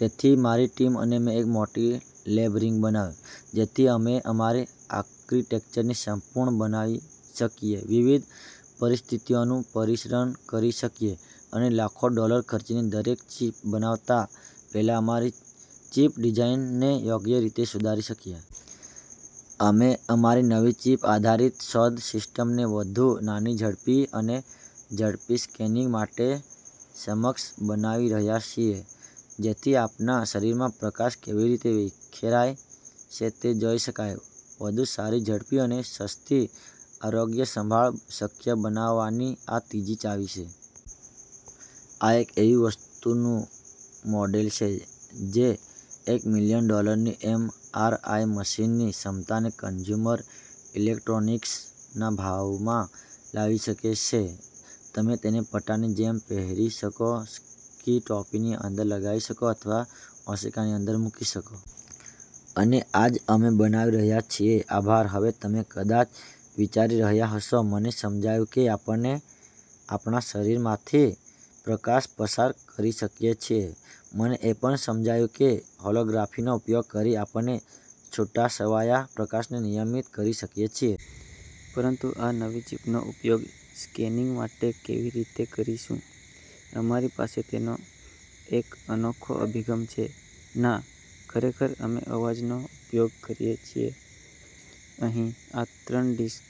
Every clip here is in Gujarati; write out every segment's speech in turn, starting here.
તેથી મારી ટીમ અને મેં એક મોટી લેબ રિગ બનાવી, જેથી અમે અમારી આર્કિટેક્ચરને સંપૂર્ણ બનાવી શકીએ, વિવિધ પરિસ્થિતિઓનું પરીક્ષણ કરી શકીએ અને લાખો ડોલર ખર્ચીને દરેક ચિપ બનાવતાં પહેલાં અમારી ચિપ ડિઝાઇનને યોગ્ય રીતે સુધારી શકીએ. અમે અમારી નવી ચિપ-આધારિત શોધ સિસ્ટમને વધુ નાની, ઝડપી અને ઝડપી સ્કેનિંગ માટે સક્ષમ બનાવી રહ્યા છીએ, જેથી આપણા શરીરમાં પ્રકાશ કેવી રીતે વિખેરાય છે તે જોઈ શકાય. વધુ સારી, ઝડપી અને સસ્તી આરોગ્યસંભાળ શક્ય બનાવવાની આ ત્રીજી ચાવી છે. આ એક એવી વસ્તુનું મોડેલ છે જે એક મિલિયન ડોલરની એમ આર આઈ મશીનની ક્ષમતાને કન્ઝ્યુમર ઇલેક્ટ્રોનિક્સના ભાવમાં લાવી શકે છે. તમે તેને પટ્ટાની જેમ પહેરી શકો, સ્કી ટોપીની અંદર લગાવી શકો અથવા ઓશીકાની અંદર મૂકી શકો. અને આ જ અમે બનાવી રહ્યા છીએ. આભાર! હવે તમે કદાચ વિચારી રહ્યા હશો, “મને સમજાયું કે આપણે આપણા શરીરમાંથી પ્રકાશ પસાર કરી શકીએ છીએ. મને એ પણ સમજાયું કે હોલોગ્રાફીનો ઉપયોગ કરીને આપણે છૂટાછવાયા પ્રકાશને નિયંત્રિત કરી શકીએ છીએ. પરંતુ આ નવી ચિપનો ઉપયોગ સ્કેનિંગ માટે કેવી રીતે કરીશું?” અમારી પાસે તેનો એક અનોખો અભિગમ છે. ના, ખરેખર, અમે અવાજનો ઉપયોગ કરીએ છીએ. અહીં આ ત્રણ ડિસ્ક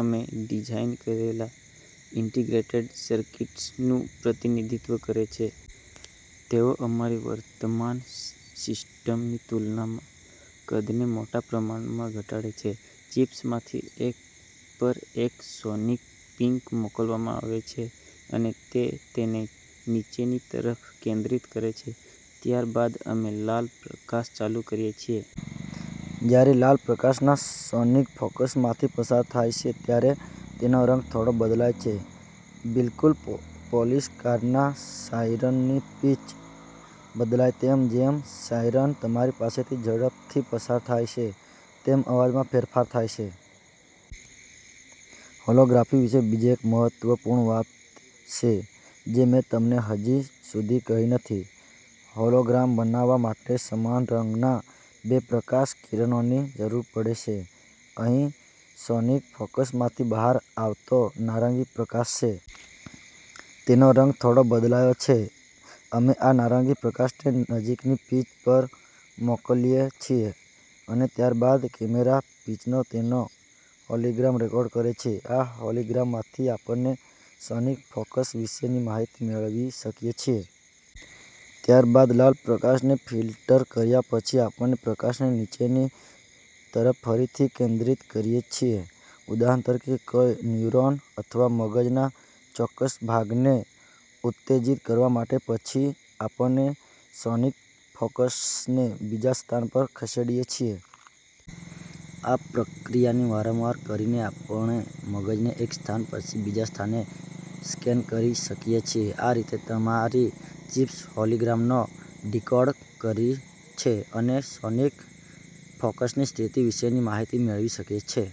અમે ડિઝાઇન કરેલા ઇન્ટિગ્રેટેડ સર્કિટ્સનું પ્રતિનિધિત્વ કરે છે. તેઓ અમારી વર્તમાન સિસ્ટમની તુલનામાં કદને મોટા પ્રમાણમાં ઘટાડે છે. ચિપ્સમાંથી એક પર એક સોનિક પિંગ મોકલવામાં આવે છે અને તે તેને નીચેની તરફ કેન્દ્રિત કરે છે. ત્યારબાદ અમે લાલ પ્રકાશ ચાલુ કરીએ છીએ. જ્યારે લાલ પ્રકાશ આ સોનિક ફોકસમાંથી પસાર થાય છે, ત્યારે તેનો રંગ થોડો બદલાય છે, બિલકુલ પોલીસ કારના સાયરનની પિચ બદલાય તેમ. જેમ સાયરન તમારી પાસેથી ઝડપથી પસાર થાય છે, તેમ અવાજમાં ફેરફાર થાય છે. હોલોગ્રાફી વિશે બીજી એક મહત્વપૂર્ણ વાત છે જે મેં તમને હજી સુધી કહી નથી. હોલોગ્રામ બનાવવા માટે સમાન રંગના બે પ્રકાશ કિરણોની જરૂર પડે છે. અહીં સોનિક ફોકસમાંથી બહાર આવતો નારંગી પ્રકાશ છે. તેનો રંગ થોડો બદલાયો છે. અમે આ નારંગી પ્રકાશને નજીકની ચિપ પર મોકલીએ છીએ અને ત્યારબાદ કેમેરા ચિપ તેનો હોલોગ્રામ રેકોર્ડ કરે છે. આ હોલોગ્રામમાંથી આપણે સોનિક ફોકસ વિશેની માહિતી મેળવી શકીએ છીએ. ત્યારબાદ, લાલ પ્રકાશને ફિલ્ટર કર્યા પછી, આપણે પ્રકાશને નીચેની તરફ ફરીથી કેન્દ્રિત કરી શકીએ છીએ, ઉદાહરણ તરીકે, કોઈ ન્યુરોન અથવા મગજના ચોક્કસ ભાગને ઉત્તેજિત કરવા માટે પછી આપણે સોનિક ફોકસને બીજા સ્થાન પર ખસેડીએ છીએ. આ પ્રક્રિયાને વારંવાર કરીને આપણે મગજને એક સ્થાન પછી બીજા સ્થાને સ્કેન કરી શકીએ છીએ. આ રીતે અમારી ચિપ્સ હોલોગ્રામને ડિકોડ કરે છે અને સોનિક ફોકસની સ્થિતિ વિશેની માહિતી મેળવી શકે છે.